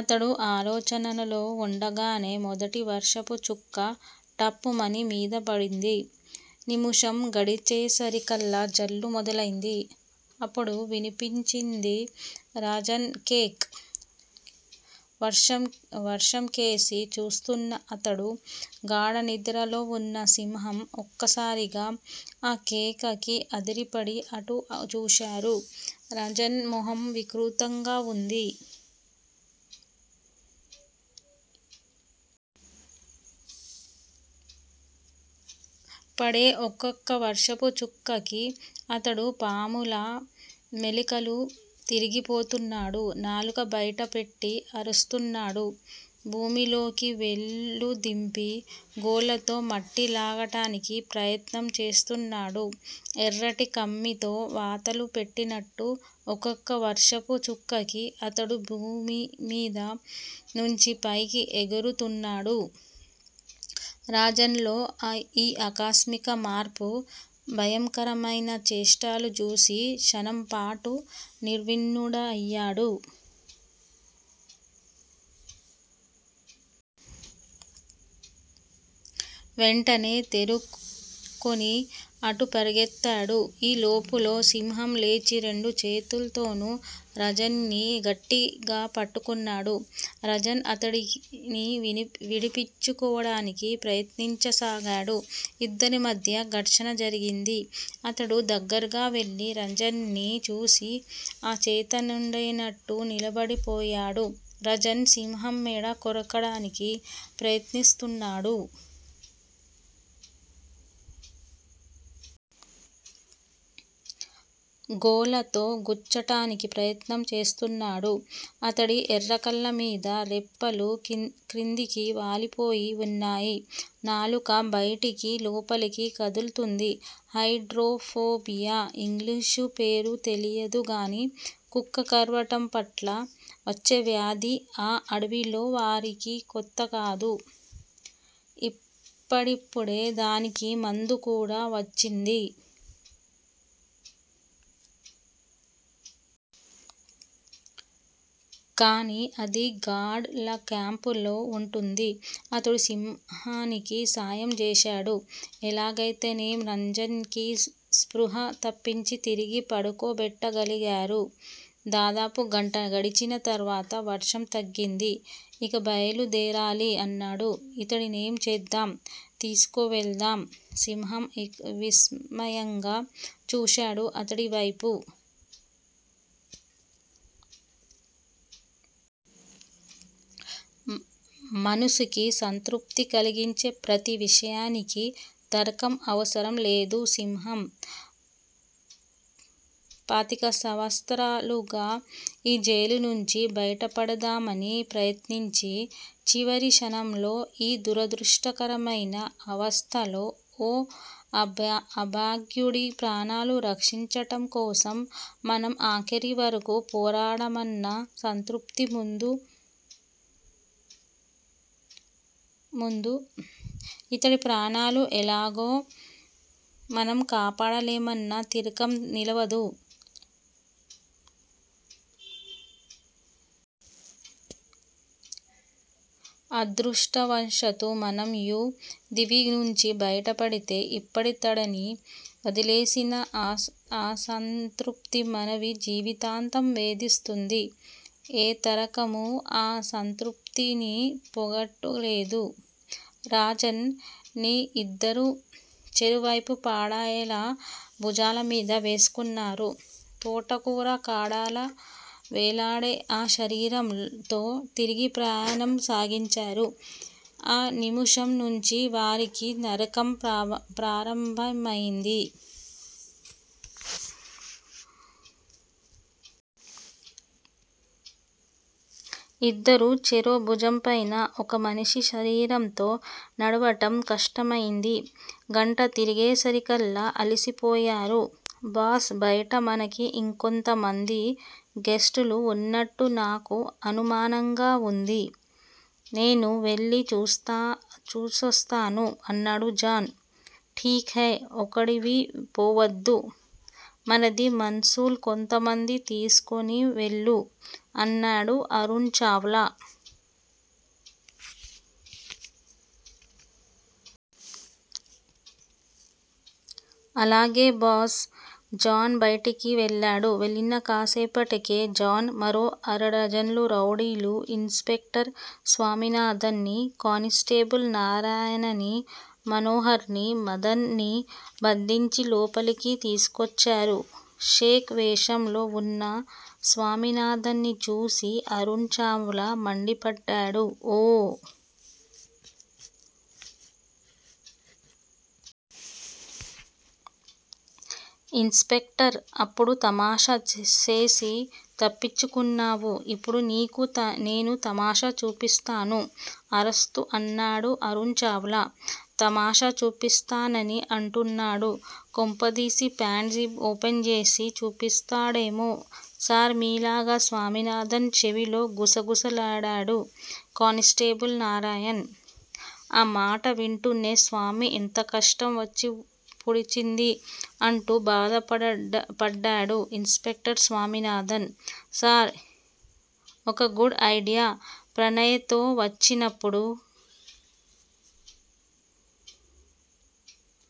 అతడు ఆలోచనల్లో వుండగానే మొదటి వర్షపు చుక్క టప్ మని మీద పడింది. నిముషం గడిచేసరికల్లా జల్లు మొదలైంది. అప్పుడు వినిపించింది రాజన్ కేక! వర్షంకేసి చూస్తూన్న అతడూ, గాఢనిద్రలో వున్న సింహం ఒక్కసారిగా ఆ కేకకి అదిరిపడి అటు చూశారు. రాజన్ మొహం వికృతంగా వుంది. పడే ఒక్కొక్క వర్షపు చుక్కకి అతడు పాములా మెలికలుతిరిగిపోతున్నాడు. నాలుకబయటపెట్టి అరుస్తున్నాడు. భూమిలోకి వేళ్ళు దింపి, గోళ్ళతో మట్టి లాగటానికి ప్రయత్నం చేస్తున్నాడు. ఎర్రటి కమ్మీతో వాతలు పెట్టినట్టు ఒక్కొక్క వర్షపు చుక్కకి అతడు భూమ్మీద నుంచి పైకి ఎగురుతున్నాడు. రాజన్ లో ఈ ఆకస్మిక మార్పు, భయంకరమైన చేష్టలుచూసి క్షణంపాటు నిర్విణ్ణుడయ్యాడు. వెంటనే తెరుకుని అటు పరుగెత్తాడు. ఈ లోపులో సింహం లేచి రెండు చేతుల్తోనూ రజన్ ని గట్టిగా పట్టుకున్నాడు. రాజన్ అతడిని విడిపించుకోవటానికి ప్రయత్నించసాగాడు. ఇద్దరి మధ్యా ఘర్షణ జరిగింది. అతడు దగ్గరగా వెళ్ళి రజన్ ని చూసి అచేతనుడయినట్టు నిలబడి పోయాడు. రజన్ సింహం మెడ కొరకడానికి ప్రయత్నిస్తున్నాడు. గోళ్ళతో గుచ్చటానికి ప్రయత్నం చేస్తున్నాడు. అతడి ఎర్రకళ్ళమీద రెప్పలు క్రిందికి వాలిపోయి వున్నాయి. నాలుక బయటికీ, లోపలికీ కదులుతోంది. Hydrophobia! English పేరు తెలీదుగానీ, కుక్క కరవటంపట్ల వచ్చే వ్యాధి ఆ అడవిలో వారికి కొత్తకాదు. ఇప్పుడిప్పుడే దానికి మందు కూడా వచ్చింది. కానీ అది గార్డ్ ల క్యాంపులో వుంటుంది. అతడు సింహానికి సాయం చేశాడు. ఎలాగయితేనేం రంజన్ కి స్పృహ తప్పించి తిరిగి పడుకోబెట్టగలిగారు. దాదాపు గంట గడిచిన తరువాత వర్షం తగ్గింది. ఇక బయలు దేరాలి అన్నాడు. ఇతడినేం చేద్దాం? తీసుకు వెళదాం. సింహం విస్మయంగా చూశాడు అతడివైపు. మనసుకి సంతృప్తి కలిగించే ప్రతి విషయానికీ తర్కం అవసరం లేదు సింహం! పాతికసంవత్సరాలుగా ఈ జైలునుంచి బయటపడదామని ప్రయత్నించి, చివరి క్షణంలో ఈ దురదృష్టకరమైన అవస్థలో ఓ అభాగ్యుడి ప్రాణాలు రక్షించటం కోసం మనం ఆఖరి వరకూ పోరాడామన్న సంతృప్తి ముందు- ఇతడి ప్రాణాలు ఎలాగో మనం కాపాడలేమన్న తర్కం నిలవదు. అదృష్టవశాత్తూ మనం యీ దీవినుంచి బయటపడితే ఇప్పుడితడిని వదిలేసిన అసంతృప్తి మనవి జీవితాంతం వేధిస్తుంది. ఏ తర్కమూ ఆ అసంతృప్తిని పోగొట్టలేదు. రాజన్ ని ఇద్దరూ చెరోవైపూ పాడెలా భుజాలమీద వేసుకున్నారు. తోటకూర కాడలా వేలాడే ఆ శరీరంతో తిరిగి ప్రయాణం సాగించారు. ఆ నిముషం నుంచీ వారికి నరకం ప్రారంభమయింది. ఇద్దరూ చెరో భుజం పైనా ఒక మనిషి శరీరంతో నడవటం కష్టమయింది. గంట తిరిగేసరికల్లా అలిసిపోయారు. బాస్ బయట మనకి ఇంకొంతమంది గెస్టులు వున్నట్టు నాకు అనుమానంగా వుంది. నేను వెళ్ళి చూసొస్తాను అన్నాడు జాన్. ఠీక్ హై ఒక్కడివి పోవద్దు. మనదీ మన్సుల్ కొంతమంది తీస్కుని వెళ్ళు అన్నాడు అరుణ్ చావ్లా. అలాగే బాస్! జాన్ బయటికి వెళ్ళాడు. వెళ్ళిన కాస్సేపటికే జాన్, మరో అరడజను రౌడీలు ఇన్స్ పెక్టర్ స్వామినాథన్ ని, కానిస్టేబుల్ నారాయణనీ, మనోహరినీ, మదన్ నీ బంధించి లోపలికి తీసుకోచ్చారు. షేక్ వేషంలో వున్న స్వామినాథన్ ని చూసి అరుణ్ చావ్లా మండిపడ్డాడు. ఓ! ఇన్స్ పెక్టర్! అప్పుడు తమాషా సేసి తప్పించుకున్నావు ఇప్పుడు నీకూ నేను తమాషా చూపిస్తాను అరుస్తూ అన్నాడు అరుణ్ చావ్లా. తమాషా చూపిస్తానని అంటున్నాడు. కొంపదీసి ప్యాంట్ జిప్ ఓపెన్ చేసి చూపిస్తాడేమో సార్ మీలాగా స్వామినాథన్ చెవిలో గుస గుసలాడాడు కానిస్టేబుల్ నారాయన్. ఆ మాట వింటూనే స్వామీ ఎంత కష్టం వచ్చి పూడ్చింది అంటూ బాధపడ్డాడు ఇన్స్ పెక్టర్ స్వామినాథన్. సార్! ఒక గుడ్ ఐడియా ప్రణయ్ తో వచ్చినప్పుడు